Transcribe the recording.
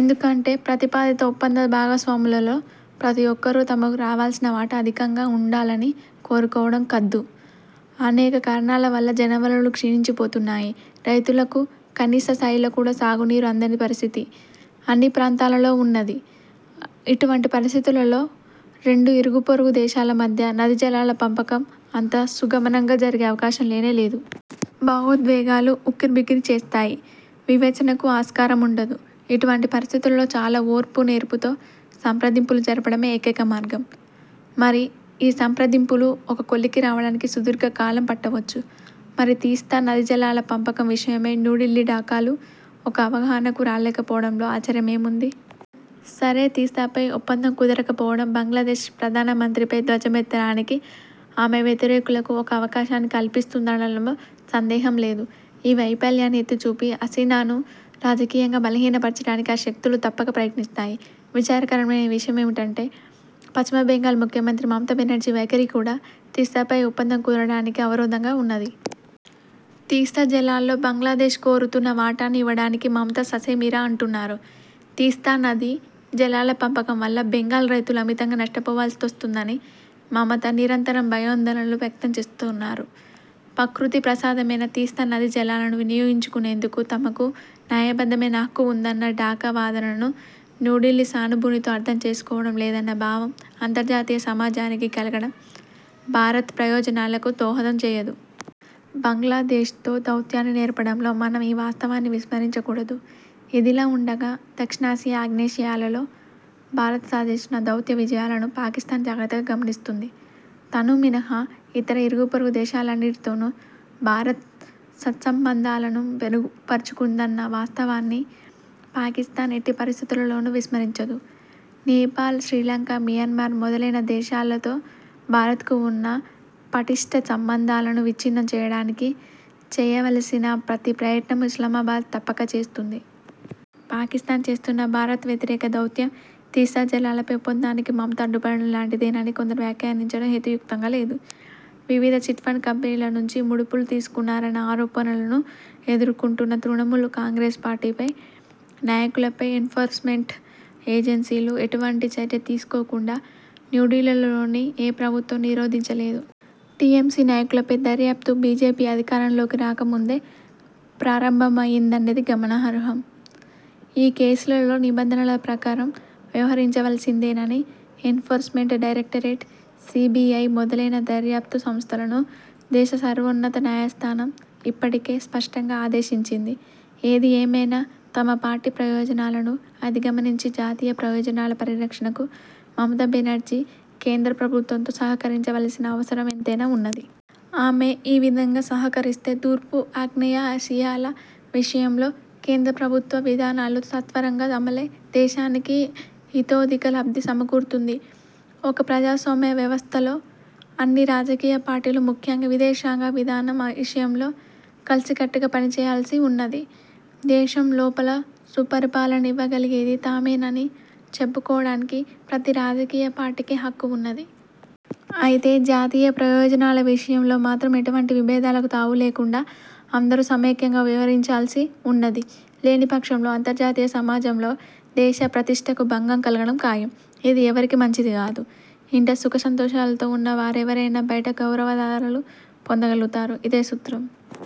ఎందుకంటే ప్రతిపాదిత ఒప్పంద భాగస్వాములలో ప్రతి ఒక్కరూ తమకు రావాల్సిన వాటా అధికంగా ఉండాలని కోరుకోవడం కద్దు. అనేక కారణాల వల్ల జలవనరులు క్షీణించిపోతున్నాయి. రైతులకు కనీసస్థాయిలో కూడా సాగునీరు అందని పరిస్థితి అన్నిప్రాంతాలలో ఉన్నది. ఇటువంటి పరిస్థితులలో రెండు ఇరుగుపొరుగు దేశాల మధ్య నదీజలాల పంపకం అంత సుగమంగా జరిగే అవకాశం లేనే లేదు. భావోద్వేగాలు ఉక్కిరిబిక్కిరి చేస్తాయి. వివేచనకు ఆస్కారముండదు. ఇటువంటి పరిస్థితులలో చాలా ఓర్పు, నేర్పుతో సంప్రదింపులు జరపడమే ఏకైక మార్గం. మరి ఈ సంప్రదింపులు ఒక కొలిక్కి రావడానికి సుదీర్ఘ కాలం పట్టవచ్చు. మరి తీస్తా నదీజలాల పంపకం విషయమై న్యూఢిల్లీ – ఢాకాలు ఒక అవగాహనకు రాలేకపోవడంలో ఆశ్చర్యమేముంది? సరే, తీస్తాపై ఒప్పందం కుదరకపోవడం బంగ్లాదేశ్ ప్రధానమంత్రిపై ధ్వజమెత్తడానికి ఆమె వ్యతిరేకులకు ఒక అవకాశాన్ని కల్పిస్తుందనడంలో సందేహం లేదు. ఈ వైఫల్యాన్ని ఎత్తిచూపి హసీనాను రాజకీయంగా బలహీనపరచడానికి ఆ శక్తులు తప్పక ప్రయత్నిస్తాయి. విచారకరమైన విషయమేమిటంటే పశ్చిమ బెంగాల్ ముఖ్యమంత్రి మమతా బెనర్జీ వైఖరి కూడా తీస్తాపై ఒప్పందం కుదరడానికి అవరోధంగా వున్నది. తీస్తా జలాల్లో బంగ్లాదేశ్ కోరుతున్న వాటాను ఇవ్వడానికి మమత ససేమిరా అంటున్నారు. తీస్తా నదీ జలాల పంపకం వల్ల బెంగాల్ రైతులు అమితంగా నష్టపోవలసివస్తుందని మమత నిరంతరం భయాందోళనలు వ్యక్తంచేస్తున్నారు. ప్రకృతి ప్రసాదమైన తీస్తా నదీజలాలను వినియోగించుకొనేందుకు తమకూ న్యాయబద్ధమైన హక్కువుందన్న ఢాకా వాదనను న్యూఢిల్లీ సానుభూతితో అర్థం చేసుకోవడం లేదన్న భావం అంతర్జాతీయ సమాజానికి కలగడం భారత్ ప్రయోజనాలకు దోహదం చేయదు. బంగ్లాదేశ్తో దౌత్యాన్ని నెరపడంలో మనం ఈ వాస్తవాన్ని విస్మరించకూడదు. ఇదిలావుండగా దక్షిణాసియా, ఆగ్నేయాసియాలలో భారత్ సాధిస్తున్న దౌత్య విజయాలను పాకిస్థాన్ జాగ్రత్తగా గమనిస్తోంది. తాను మినహా, ఇతర ఇరుగుపొరుగు దేశాలన్నిటితోను భారత్ సత్సంబంధాలను మెరుగుపరచుకుందన్న వాస్తవాన్ని పాకిస్థాన్ ఎట్టి పరిస్థితులలోను విస్మరించదు. నేపాల్, శ్రీలంక, మియన్మార్ మొదలైన దేశాలతో భారత్కు వున్న పటిష్ఠ సంబంధాలను విచ్ఛిన్నం చేయడానికి చేయవలసిన ప్రతి ప్రయత్నమూ ఇస్లామాబాద్ తప్పకచేస్తుంది. పాకిస్థాన్ చేస్తున్న భారత్ వ్యతిరేక దౌత్యం, తీస్తాజలాలపై ఒప్పందానికి మమత అడ్డుపడడం లాంటిదేనని కొందరు వ్యాఖ్యానించడం హేతుయుక్తంగా లేదు. వివిధ చిట్ఫండ్ కంపెనీల నుంచి ముడుపులు తీసుకున్నారన్న ఆరోపణలను ఎదుర్కొంటున్న తృణమూల్ కాంగ్రెస్ పార్టీపై, నాయకులపై ఎన్ఫోర్స్మెంట్ ఏజెన్సీలు ఎటువంటి చర్య తీసుకోకుండా న్యూఢిల్లీలోని ఏ ప్రభుత్వమూ నిరోధించలేదు. టీఎంసీ నాయకులపై దర్యాప్తు బీజేపీ అధికారంలోకి రాకముందే ప్రారంభమయిందన్నది గమనార్హం. ఈ కేసులలో నిబంధనల ప్రకారం వ్యవహరించవలసిందేనని ఎన్ఫోర్స్మెంట్ డైరెక్టరేట్, సీబీఐ మొదలైన దర్యాప్తు సంస్థలను దేశసర్వోన్నత న్యాయస్థానం ఇప్పటికే స్పష్టంగా ఆదేశించింది. ఏదిఏమైనా తమ పార్టీ ప్రయోజనాలను అధిగమించి జాతీయ ప్రయోజనాల పరిరక్షణకు మమతాబెనర్జీ కేంద్ర ప్రభుత్వంతో సహకరించవలసిన అవసరం ఎంతైనా వున్నది. ఆమె ఈ విధంగా సహకరిస్తే తూర్పు, ఆగ్నేయాసియాల విషయంలో కేంద్రప్రభుత్వ విధానాలు సత్వరంగా అమలై దేశానికి ఇతోధిక లబ్ధి సమకూరుతుంది. ఒక ప్రజాస్వామ్య వ్యవస్థలో అన్ని రాజకీయపార్టీలూ ముఖ్యంగా విదేశాంగ విధానం విషయంలో కలసికట్టుగా పనిచేయవలసి వున్నది. దేశం లోపల సుపరిపాలననివ్వగలిగేది తామేనని చెప్పుకోవడానికి ప్రతి రాజకీయ పార్టీకి హక్కు వున్నది. అయితే జాతీయ ప్రయోజనాల విషయంలో మాత్రం ఎటువంటి విభేదాలకు తావు లేకుండా అందరూ సమైక్యంగా వ్యవహరించవలసి వున్నది. లేనిపక్షంలో అంతర్జాతీయ సమాజంలో దేశ ప్రతిష్ఠకు భంగం కలగడం ఖాయం. ఇది ఎవ్వరికీ మంచిది కాదు. ఇంట సుఖ సంతోషాలతో వున్న వారెవరైనా బయట గౌరవాదరాలు పొందగలుగుతారు. ఇదే సూత్రం